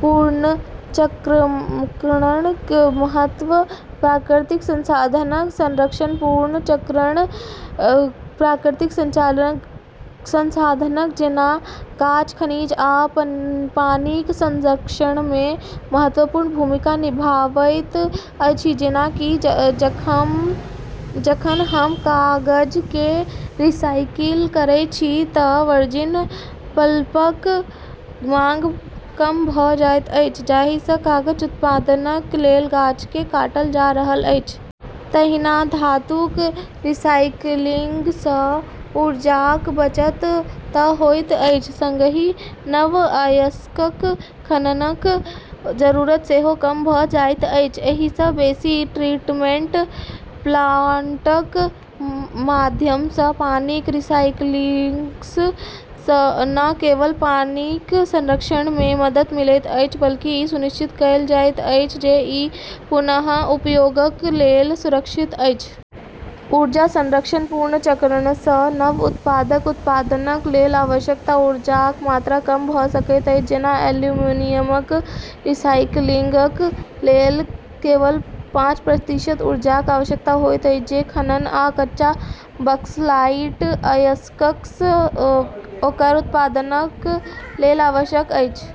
पुनर्चक्रणक महत्व प्राकृतिक संसाधनक संरक्षण पुनर्चक्रण प्राकृतिक संसाधनक जेना गाछ, खनिज, आ पानीक संरक्षणमे महत्वपूर्ण भूमिका निभाबैत अछि। जेना कि जखन हम कागजकेँ रिसाइकिल करैत छी तँ वर्जिन पल्पक माँग कम भऽ जाइत अछि, जाहिसँ कागज उत्पादनक लेल गाछकेँ काटल जा रहल अछि। तहिना धातुक रिसाइकिलिङ्गसँ ऊर्जाक बचत तँ होइत अछि सँगही नव अयस्कक खननक जरूरत सेहो कम भऽ जाइत अछि। एहिसँ बेसी, ट्रीटमेन्ट प्लाण्टक माध्यमसँ पानीक रिसाइकिलिङ्गसँ न केवल पानीक संरक्षणमे मदद मिलैत अछि बल्कि ई सुनिश्चित कएल जाइत अछि जे ई पुनः उपयोगक लेल सुरक्षित अछि। ऊर्जा संरक्षण पुनर्चक्रणसँ नव उत्पादक उत्पादनक लेल आवश्यक ऊर्जाक मात्रा कम भऽ सकैत अछि। जेना एल्युमीनियमक रिसाइकिलिङ्गक लेल केवल पाँच प्रतिशत ऊर्जाक आवश्यकता होइत अछि जे खनन आ कच्चा बक्सलाइट अयस्कसँ ओकर उत्पादनक लेल आवश्यक अछि।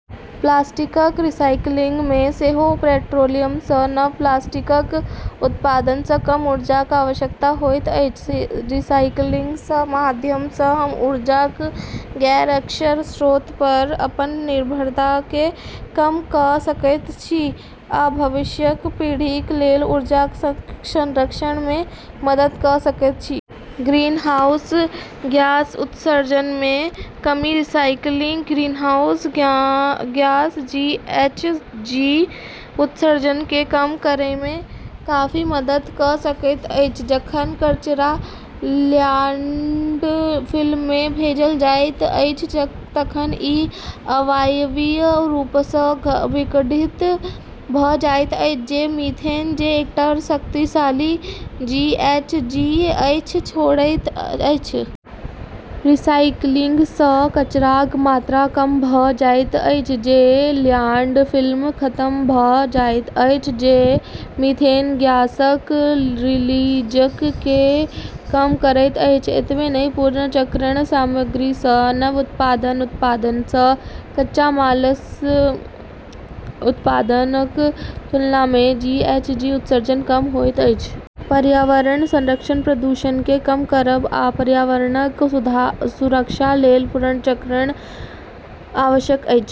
प्लास्टिकक रिसाइकिलिङ्गमे सेहो पेट्रोलियमसँ नव प्लास्टिकक उत्पादनसँ कम ऊर्जाक आवश्यकता होइत अछि। रिसाइकिलिङ्गक माध्यमसँ हम ऊर्जाक गैर-अक्षय स्रोतपर अपन निर्भरताकेँ कम कऽ सकैत छी आ भविष्यक पीढ़ीक लेल ऊर्जाक संरक्षणमे मदद कऽ सकैत छी। ग्रीनहाउस ग्यास उत्सर्जनमे कमी रिसाइकिलिङ्ग ग्रीनहाउस ग्यास (जीएचजी) उत्सर्जनकेँ कम करैमे काफी मदद कऽ सकैत अछि। जखन कचरा ल्याण्डफिलमे भेजल जाइत अछि तखन ई अवायवीय रूपसँ विघटित भऽ जाइत अछि, जे मीथेन, जे एकटा शक्तिशाली जीएचजी अछि, छोड़ैत अछि। रिसाइकिलिङ्गसँ कचराक मात्रा कम भऽ जाइत अछि जे ल्याण्डफिलमे खतम भऽ जाइत अछि, जे मीथेन ग्यासक रिलीजकेँ कम करैत अछि। एतबे नहि, पुनर्चक्रण सामग्रीसँ नव उत्पादक उत्पादनसँ कच्चा मालसँ उत्पादनक तुलनामे जीएचजी उत्सर्जन कम होइत अछि। पर्यावरण संरक्षण प्रदूषणकेँ कम करब आ पर्यावरणक सुरक्षाक लेल पुनर्चक्रण आवश्यक अछि।